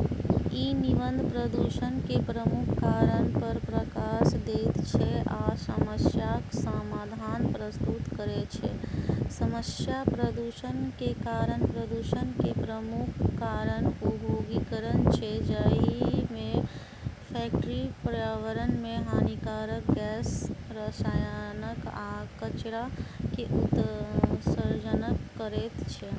ई निबंध प्रदूषण के प्रमुख कारण पर प्रकाश दैत छै आ समस्याक समाधान प्रस्तुत करै छै। समस्या: प्रदूषण के कारण:- प्रदूषण के प्रमुख कारण औद्योगीकरण छै, जहि में फैक्ट्री पर्यावरण में हानिकारक गैस, रसायन आ कचरा के उत्सर्जन करैत छै।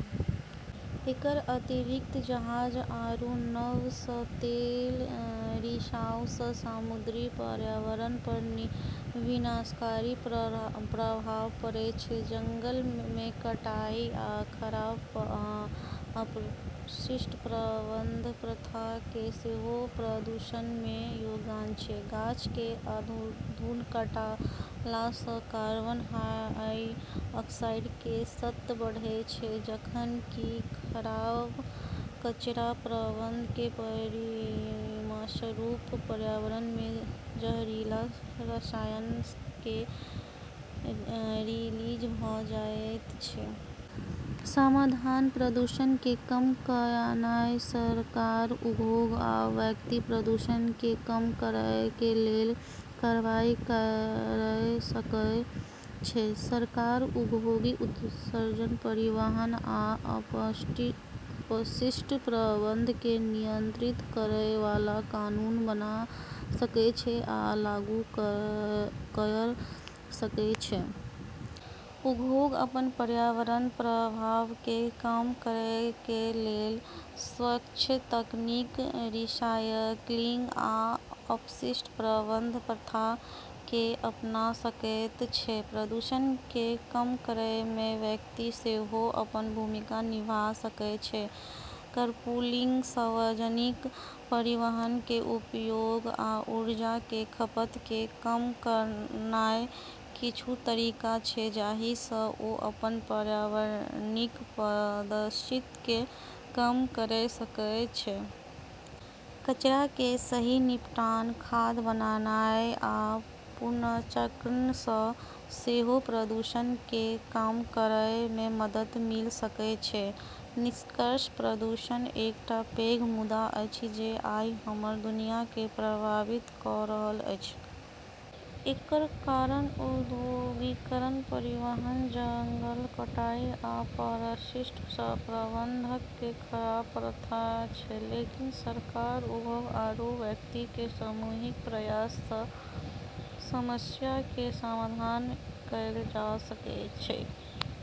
एकर अतिरिक्त जहाज आरू नाव सँ तेल रिसाव सँ समुद्री पर्यावरण पर विनाशकारी प्रभाव पड़ै छै। जंगल के कटाई आ खराब अपशिष्ट प्रबंधन प्रथा के सेहो प्रदूषण में योगदान छै। गाछ के अंधाधुंध काटला सँ कार्बन डाइऑक्साइड के स्तर बढ़ैत छै, जखन कि खराब कचरा प्रबंधन के परिणामस्वरूप पर्यावरण में जहरीला रसायन के रिलीज भऽ जायत छै। समाधान: प्रदूषण के कम कयनाइ :- सरकार, उद्योग आ व्यक्ति प्रदूषण के कम करय के लेल कार्रवाई कयर सकय छै। सरकार औद्योगिक उत्सर्जन, परिवहन, आ अपशिष्ट प्रबंधन के नियंत्रित करय वाला कानून बना सकय छै आ लागू कयर सकय छै। उद्योग अपन पर्यावरणीय प्रभाव के कम करय के लेल स्वच्छ तकनीक, रीसाइक्लिंग आ अपशिष्ट प्रबंधन प्रथा के अपना सकैत छै। प्रदूषण के कम करय में व्यक्ति सेहो अपन भूमिका निभा सकय छै। कारपूलिंग, सार्वजनिक परिवहन के उपयोग, आ ऊर्जा के खपत के कम करनाय किछु तरीका छै जहि सँ ओ अपन पर्यावरणीय पदचिह्न के कम कयर सकय छै। कचरा के सही निपटान, खाद बनानाय, आ पुनर्चक्रण सँ सेहो प्रदूषण के कम करएय में मदद मिल सकय छै। निष्कर्ष:- प्रदूषण एकटा पैघ मुद्दा अछि जे आइ हमर दुनिया केँ प्रभावित कऽ रहल अछि। एकर कारण औद्योगीकरण, परिवहन, जंगलक कटाई, आ अपशिष्ट प्रबंधन के खराब प्रथा छै। लेकिन सरकार, उद्योग, आरू व्यक्ति के सामूहिक प्रयास सँ समस्या के समाधान कएल जा सकै छै।